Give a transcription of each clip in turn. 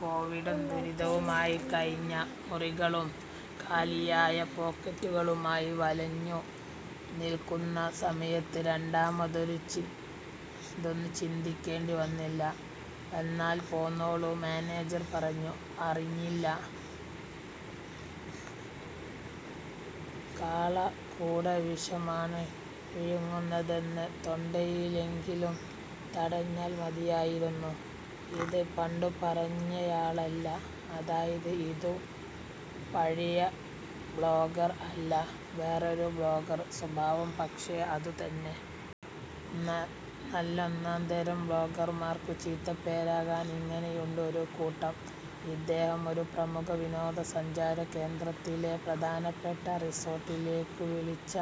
കോവിഡും ദുരിതവുമായി ഒഴിഞ്ഞ മുറികളും കാലിയായ പോക്കറ്റുകളുമായി വലഞ്ഞു നിൽക്കുന്ന സമയത്ത് രണ്ടാമതൊന്നു ചിന്തിക്കേണ്ടി വന്നില്ല. എന്നാൽ പോന്നോളൂ മാനേജർ പറഞ്ഞു. അറിഞ്ഞില്ല, കാളകൂടവിഷമാണ് വിഴുങ്ങുന്നതെന്ന്. തൊണ്ടയിലെങ്കിലും തടഞ്ഞാൽ മതിയായിരുന്നു. ഇത് പണ്ടു പറഞ്ഞയാളല്ല, അതായത് ഇതു പഴയ ബ്ലോഗർ അല്ല. വേറൊരു ബ്ലോഗർ. സ്വഭാവം പക്ഷേ അതുതന്നെ. നല്ലൊന്നാന്തരം ബ്ലോഗർമാർക്കു ചീത്തപ്പേരാകാൻ ഇങ്ങനെയുണ്ട് ഒരു കൂട്ടം. ഇദ്ദേഹം ഒരു പ്രമുഖ വിനോദ സഞ്ചാര കേന്ദ്രത്തിലെ പ്രധാനപ്പെട്ട റിസോർട്ടിലേക്കു വിളിച്ച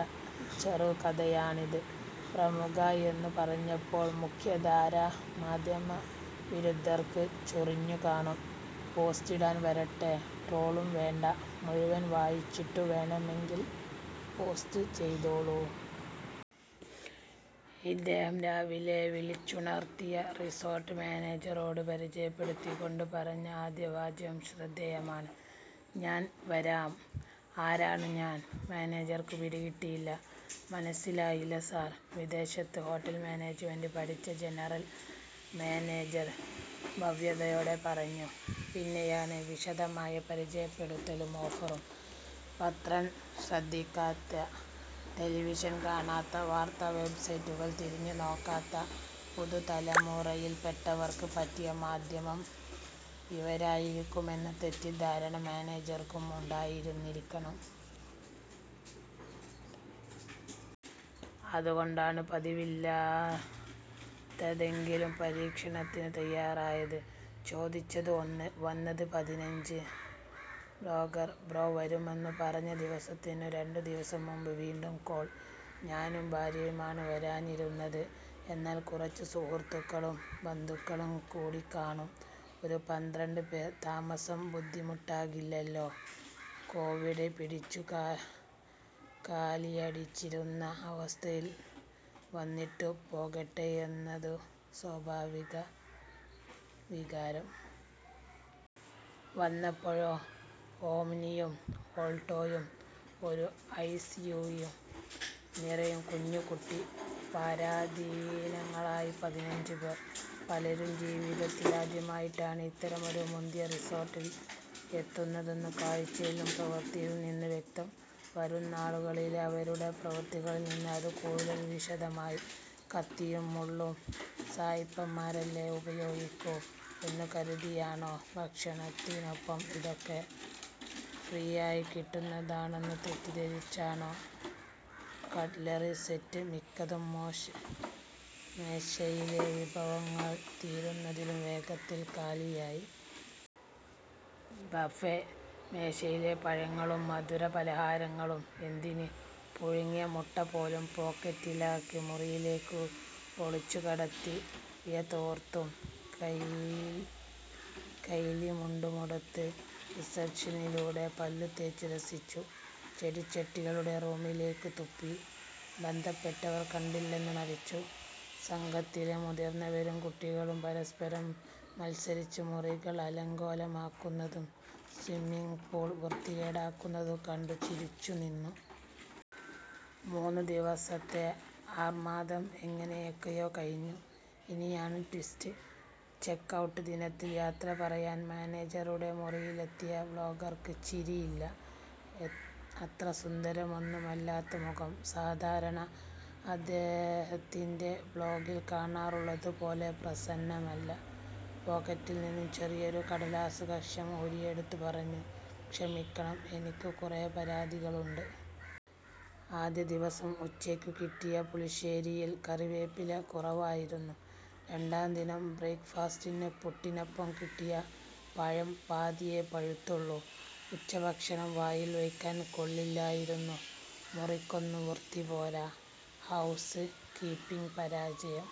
ചെറുകഥയാണിത്. പ്രമുഖ എന്നു പറഞ്ഞപ്പോൾ മുഖ്യധാരാ മാധ്യമ വിരുദ്ധർക്കു ചൊറിഞ്ഞു കാണും. പോസ്റ്റിടാൻ വരട്ടെ, ട്രോളും വേണ്ട. മുഴുവൻ വായിച്ചിട്ടു വേണമെങ്കിൽ പോസ്റ്റ് ചെയ്തോളൂ. ഇദ്ദേഹം രാവിലെ വിളിച്ചുണർത്തിയ റിസോർട്ട് മാനേജരോട് പരിചയപ്പെടുത്തിക്കൊണ്ടു പറഞ്ഞ ആദ്യ വാചകം ശ്രദ്ധേയമാണ്. ഞാൻ വരാം. ആരാണു ഞാൻ? മാനേജർക്കു പിടികിട്ടിയില്ല. മനസ്സിലായില്ല സാർ. വിദേശത്ത് ഹോട്ടൽ മാനേജ്മെൻ്റ് പഠിച്ച ജനറൽ മാനേജർ ഭവ്യതയോടെ പറഞ്ഞു. പിന്നെയാണ് വിശദമായ പരിചയപ്പെടുത്തലും ഓഫറും. പത്രം ശ്രദ്ധിക്കാത്ത, ടെലിവിഷൻ കാണാത്ത, വാർത്താ വെബ്സൈറ്റുകൾ തിരിഞ്ഞു നോക്കാത്ത പുതുതലമുറയിൽപ്പെട്ടവർക്ക് പറ്റിയ മാധ്യമം ഇവരായിരിക്കുമെന്ന തെറ്റിദ്ധാരണ മാനേജർക്കും ഉണ്ടായിരുന്നിരിക്കണം. അതുകൊണ്ടാണ് പതിവില്ലാത്തതെങ്കിലും പരീക്ഷണത്തിനു തയാറായത്. ചോദിച്ചത് ഒന്ന്, വന്നത് പതിനഞ്ച്. ബ്ലോഗർ ബ്രോ വരുമെന്നു പറഞ്ഞ ദിവസത്തിനു രണ്ടു ദിനം മുമ്പ് വീണ്ടും കോൾ. ഞാനും ഭാര്യയുമാണ് വരാനിരുന്നത്. എന്നാൽ കുറച്ചു സുഹൃത്തുക്കളും ബന്ധുക്കളും കൂടിക്കാണും. ഒരു പന്ത്രണ്ട് പേർ. താമസം ബുദ്ധിമുട്ടാകില്ലല്ലോ? കോവിഡ് പിടിച്ചു കാലിയടിച്ചിരിക്കുന്ന അവസ്ഥയിൽ വന്നിട്ടു പോകട്ടെയെന്നതു സ്വാഭാവിക വികാരം. വന്നപ്പോഴോ? ഓമ്നിയും ഓൾട്ടോയും ഒരു എസ് യു വി യും നിറയെ കുഞ്ഞുകുട്ടി പരാധീനങ്ങളായി പതിനഞ്ച് പേർ. പലരും ജീവിതത്തിൽ ആദ്യമായാണ് ഇത്തരമൊരു മുന്തിയ റിസോർട്ടിൽ എത്തുന്നതെന്നു കാഴ്ചയിലും പ്രവൃത്തിയിലും നിന്ന് വ്യക്തം. വരും നാളുകളിലെ അവരുടെ പ്രവൃത്തികളിൽ നിന്ന് അതു കൂടുതൽ വിശദമായി. കത്തിയും മുള്ളും സായിപ്പന്മാരല്ലേ ഉപയോഗിക്കൂ എന്നു കരുതിയാണോ ഭക്ഷണത്തിനൊപ്പം ഇതൊക്കെ ഫ്രീയായി കിട്ടുന്നതാണെന്നു തെറ്റിദ്ധരിച്ചാണോ കട്ലറി സെറ്റ് മിക്കതും മോശ മേശയിലെ വിഭവങ്ങൾ തീരുന്നതിലും വേഗത്തിൽ കാലിയായി. ബഫെ മേശയിലെ പഴങ്ങളും മധുര പലഹാരങ്ങളും എന്തിന്, പുഴുങ്ങിയ മുട്ട പോലും പോക്കറ്റിലാക്കി മുറിയിലേക്ക് ഒളിച്ചു കടത്തി. ഇഴത്തോർത്തും കൈലിമുണ്ടുമുടുത്ത് റിസപ്ഷനിലൂടെ പല്ലു തേച്ചു രസിച്ചു. ചെടിച്ചട്ടികളുടെ മൂട്ടിലേക്ക് തുപ്പി. ബന്ധപ്പെട്ടവർ കണ്ടില്ലെന്നു നടിച്ചു. സംഘത്തിലെ മുതിർന്നവരും കുട്ടികളും പരസ്പരം മത്സരിച്ച് മുറികൾ അലങ്കോലമാക്കുന്നതും സ്വിമ്മിങ് പൂൾ വൃത്തികേടാക്കുന്നതും കണ്ടു ചിരിച്ചു നിന്നു. മൂന്നു ദിവസത്തെ അർമാദം എങ്ങനെയൊക്കെയോ കഴിഞ്ഞു. ഇനിയാണ് ട്വിസ്റ്റ്. ചെക്ക് ഔട്ട് ദിനത്തിൽ യാത്ര പറയാൻ മാനേജരുടെ മുറിയിലെത്തിയ ബ്ലോഗർക്ക് ചിരിയില്ല. അത്ര സുന്ദരമൊന്നുമല്ലാത്ത മുഖം സാധാരണ അദ്ദേഹത്തിൻ്റെ ബ്ലോഗിൽ കാണാറുള്ളതു പോലെ പ്രസന്നമല്ല. പോക്കറ്റിൽ നിന്ന് ചെറിയൊരു കടലാസ് കഷണം ഊരിയെടുത്തു പറഞ്ഞു. ക്ഷമിക്കണം, എനിക്കു കുറേ പരാതികളുണ്ട്. ആദ്യ ദിവസം ഉച്ചയ്ക്കു കിട്ടിയ പുളിശ്ശേരിയിൽ കറിവേപ്പില കുറവായിരുന്നു. രണ്ടാം ദിനം ബ്രേക്ക് ഫാസ്റ്റിന് പുട്ടിനൊപ്പം കിട്ടിയ പഴം പാതിയേ പഴുത്തുള്ളൂ. ഉച്ചഭക്ഷണം വായിൽ വയ്ക്കാൻ കൊള്ളില്ലായിരുന്നു. മുറിക്കൊന്നും വൃത്തി പോരാ. ഹൗസ് കീപ്പിങ് പരാജയം.